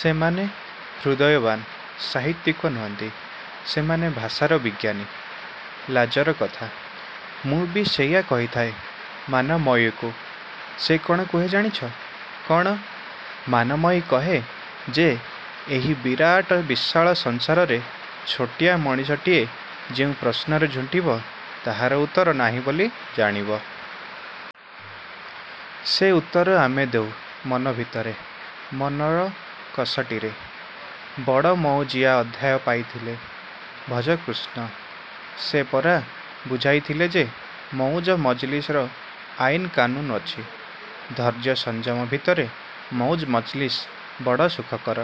ସେମାନେ। ହୃଦୟବାନ୍ ସାହିତ୍ୟିକ ନୁହନ୍ତି। ସେମାନେ ଭାଷାର ବିଜ୍ଞାନୀ। -ଲାଜର କଥା। ମୁଁ ବି ସେଇଆ କହିଥାଏ ମାନମୟୀକୁ। ସେ କ'ଣ କୁହେ ଜାଣିଛ? -କ'ଣ? -ମାନମୟୀ କହେ ଯେ ଏଇ ବିରାଟ ବିଶାଳ ସଂସାରରେ ଛୋଟିଆ ମଣିଷଟିଏ ଯେଉଁ ପ୍ରଶ୍ନରେ ଝୁଣ୍ଟିବ ତାହାର ଉତ୍ତର ନାହିଁ ବୋଲି ଜାଣିବ। ସେ ଉତ୍ତର ଆମେ ଦେଉ ମନ ଭିତରେ-ମନର କଷଟିରେ। -ବଡ଼ ମଉଜିଆ ଅଧ୍ୟାୟ ପାଇଥିଲେ, ଭଜକୃଷ୍ଣ? -ସେ ପରା ବୁଝାଇଥିଲା ଯେ ମଉଜ ମଜଲିସର ଆଇନ କାନୁନ ଅଛି। ଧୈର୍ଯ୍ୟ ସଂଯମ ଭିତରେ ମଉଜ ମଜଲିସ ବଡ଼ ସୁଖକର।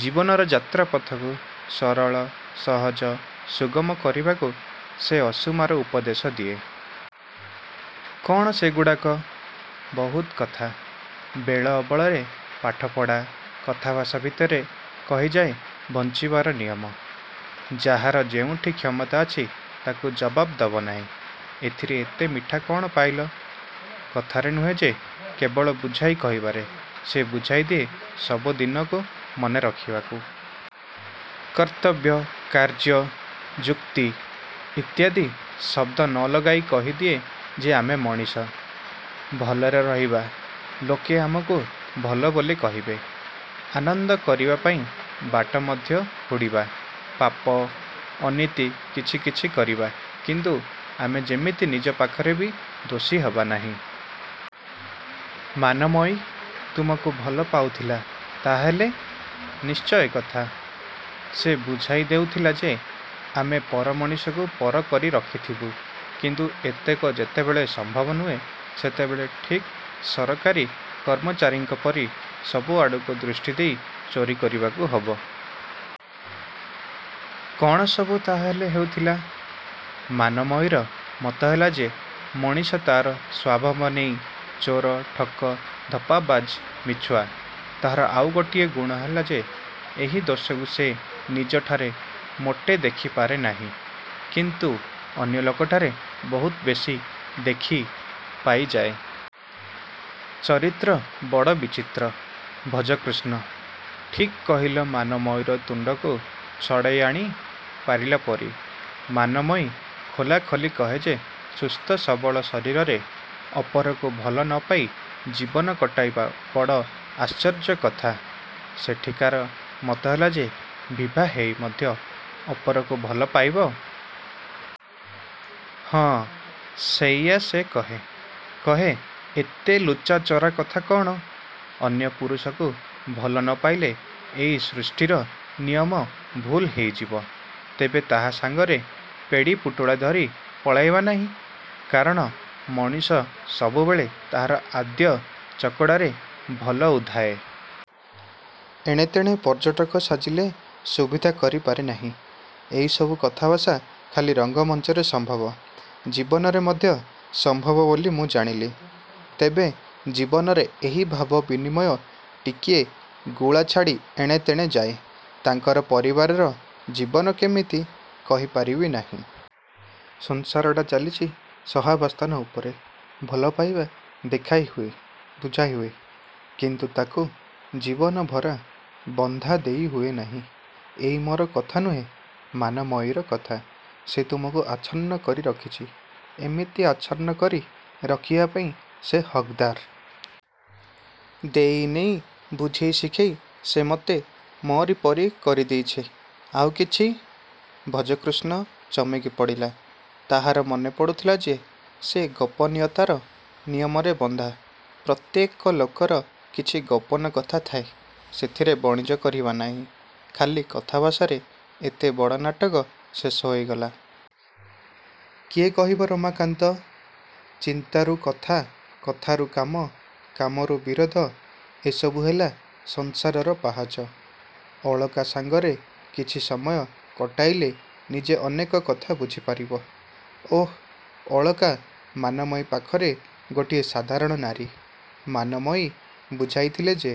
ଜୀବନର ଯାତ୍ରାପଥକୁ ସରଳ, ସହଜ, ସୁଗମ କରିବାକୁ ସେ ଅସୁମାର ଉପଦେଶ ଦିଏ। -କ'ଣ ସେଗୁଡ଼ାକ? -ବହୁତ କଥା। ବେଳ ଅବେଳରେ ପାଠପଢ଼ା, କଥାଭାଷା ଭିତରେ କହିଯାଏ ବଞ୍ଚିବାର ନିୟମ। ଯାହାର ଯେଉଁଠି କ୍ଷମତା ଅଛି ତାକୁ ଜବାବ ଦବ ନାହିଁ। -ଏଥିରେ ଏତେ ମିଠା କ'ଣ ପାଇଲ? -କଥାରେ ନୁହେଁ ଯେ କେବଳ ବୁଝାଇ କହିବାରେ। ସେ ବୁଝାଇ ଦିଏ ସବୁ ଦିନକୁ ମନେ ରଖିବାକୁ। କର୍ତ୍ତବ୍ୟ, କାର୍ଯ୍ୟ, ଯୁକ୍ତି ଇତ୍ୟାଦି ଶବ୍ଦ ନ ଲଗାଇ କହିଦିଏ ଯେ ଆମେ ମଣିଷ-ଭଲରେ ରହିବା-ଲୋକେ ଆମକୁ ଭଲ ବୋଲି କହିବେ। ଆନନ୍ଦ କରିବା ପାଇଁ ବାଟ ମଧ୍ୟ ହୁଡ଼ିବା-ପାପ, ଅନୀତି କିଛି କିଛି କରିବା-କିନ୍ତୁ ଆମେ ଯେମିତି ନିଜ ପାଖରେ ବି ଦୋଷୀ ହେବା ନାହିଁ। -ମାନମୟୀ ତୁମକୁ ଭଲ ପାଉଥିଲା ତାହା ହେଲେ? -ନିଶ୍ଚୟ କଥା। ସେ ବୁଝାଇ ଦେଉଥିଲା ଯେ ଆମେ ପର ମଣିଷକୁ ପର କରି ରଖିଥିବୁ। କିନ୍ତୁ ଏତକ ଯେତେବେଳେ ସମ୍ଭବ ନୁହେଁ ସେତେବେଳେ ଠିକ୍ ସରକାରୀ କର୍ମଚାରୀଙ୍କ ପରି ସବୁ ଆଡ଼କୁ ଦୃଷ୍ଟି ଦେଇ ଚୋରି କରିବାକୁ ହେବ। -କ'ଣ ସବୁ ତାହାହେଲେ ହେଉଥିଲା? -ମାନମୟୀର ମତ ହେଲା ଯେ ମଣିଷ ତାର ସ୍ୱଭାବ ନେଇ ଚୋର, ଠକ, ଧପ୍ପାବାଜ, ମିଛୁଆ। ତାହାର ଆଉ ଗୋଟାଏ ଗୁଣ ହେଲା ଯେ ଏହି ଦୋଷକୁ ସେ ନିଜଠାରେ ମୋଟେ ଦେଖିପାରେ ନାହିଁ; କିନ୍ତୁ ଅନ୍ୟ ଲୋକଠାରେ ବହୁତ ବେଶି ଦେଖି ପାଇଯାଏ। -ଚରିତ୍ର ବଡ଼ ବିଚିତ୍ର-ଭଜକୃଷ୍ଣ। -ଠିକ୍ କହିଲ ମାନମୟୀର ତୁଣ୍ଡକୁ ଛଡ଼ାଇ ଆଣି ପାରିଲା ପରି। ମାନମୟୀ ଖୋଲା ଖୋଲି କହେ ଯେ ସୁସ୍ଥ ସବଳ ଶରୀରରେ ଅପରକୁ ଭଲ ନ ପାଇ ଜୀବନ କଟାଇବା ବଡ଼ ଆଶ୍ଚର୍ଯ୍ୟ କଥା- -ସେଠିକାର ମତ ହେଲା ଯେ ବିଭା ହେଇ ମଧ୍ୟ ଅପରକୁ ଭଲ ପାଇବ? -ହଁ। ସେଇଆ ସେ କହେ। କହେ ଏତେ ଲୁଚାଚୋରା କଥା କ'ଣ? ଅନ୍ୟ ପୁରୁଷକୁ ଭଲ ନ ପାଇଲେ ଏଇ ସୃଷ୍ଟିର ନିୟମ ଭୁଲ୍ ହେଇଯିବ। ତେବେ ତାହା ସାଙ୍ଗରେ ପେଡ଼ିପୁଟୁଳା ଧରି ପଳାଇବା ନାହିଁ। କାରଣ ମଣିଷ ସବୁବେଳେ ତାହାର ଆଦ୍ୟ ଚକଡ଼ାରେ ଭଲ ଉଧାଏ। ଏଣେ ତେଣେ ପର୍ଯ୍ୟଟକ ସାଜିଲେ ସୁବିଧା କରିପାରେ ନାହିଁ। -ଏଇସବୁ କଥାଭାଷା ଖାଲି ରଙ୍ଗମଞ୍ଚରେ ସମ୍ଭବ। -ଜୀବନରେ ମଧ୍ୟ ସମ୍ଭବ ବୋଲି ମୁଁ ଜାଣିଲି। ତେବେ ଜୀବନରେ ଏହି ଭାବ ବିନିମୟ ଟିକିଏ ଗୁଳାଛାଡ଼ି ଏଣେତେଣେ ଯାଏ। -ତାଙ୍କର ପରିବାରର ଜୀବନ କେମିତି? -କହି ପାରିବି ନାହିଁ। ସଂସାରଟା ଚାଲିଛି ସହାବସ୍ଥାନ ଉପରେ ଭଲ ପାଇବା ଦେଖାଇ ହୁଏ, ବୁଝାଇ ହୁଏ। କିନ୍ତୁ ତା'କୁ ଜୀବନଭରା ବନ୍ଧା ଦେଇ ହୁଏ ନାହିଁ। ଏଇ ମୋର କଥା ନୁହେଁ-। ମାନମୟୀର କଥା। -ସେ ତୁମକୁ ଆଛନ୍ନ କରି ରଖିଛି। -ଏମିତି ଆଛନ୍ନ କରି ରଖିବା ପାଇଁ ସେ ହକ୍ଦାର। ଦେଇ ନେଇ ବୁଝେଇ ଶିଖେଇ ସେ ମତେ ମୋରିପରି କରି ଦେଇଛି। -ଆଉ କିଛି? ଭଜକୃଷ୍ଣ ଚମକି ପଡ଼ିଲା। ତାହାର ମନେ ପଡ଼ୁଥିଲା ଯେ ସେ ଗୋପନୀୟତାର ନିୟମରେ ବନ୍ଧା। ପ୍ରତ୍ୟେକ ଲୋକର କିଛି ଗୋପନ କଥା ଥାଏ। ସେଥିରେ ବଣିଜ କରିବା ନାହିଁ-। -ଖାଲି କଥାଭାଷାରେ ଏତେ ବଡ଼ ନାଟକ ଶେଷ ହୋଇଗଲା? -କିଏ କହିବ ରମାକାନ୍ତ? ଚିନ୍ତାରୁ କଥା-କଥାରୁ କାମ-କାମରୁ ବିରୋଧ-ଏସବୁ ହେଲା ସଂସାରର ପାହାଚ। ଅଳକା ସାଙ୍ଗରେ କିଛି ସମୟ କଟାଇଲେ ନିଜେ ଅନେକ କଥା ବୁଝି ପାରିବ। -ଓଃ, ଅଳକା ମାନମୟୀ ପାଖରେ ଗୋଟିଏ ସାଧାରଣ ନାରୀ। ମାନମୟୀ ବୁଝାଇଥିଲେ ଯେ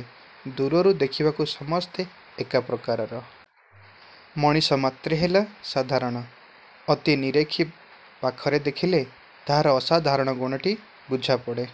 ଦୂରରୁ ଦେଖିବାକୁ ସମସ୍ତେ ଏକା ପ୍ରକାରର। ମଣିଷ ମାତ୍ରେ ହେଲା ସାଧାରଣ। ଅତି ନିରେଖି ପାଖରେ ଦେଖିଲେ ତାହାର ଅସାଧାରଣ ଗୁଣଟି ବୁଝାପଡ଼େ।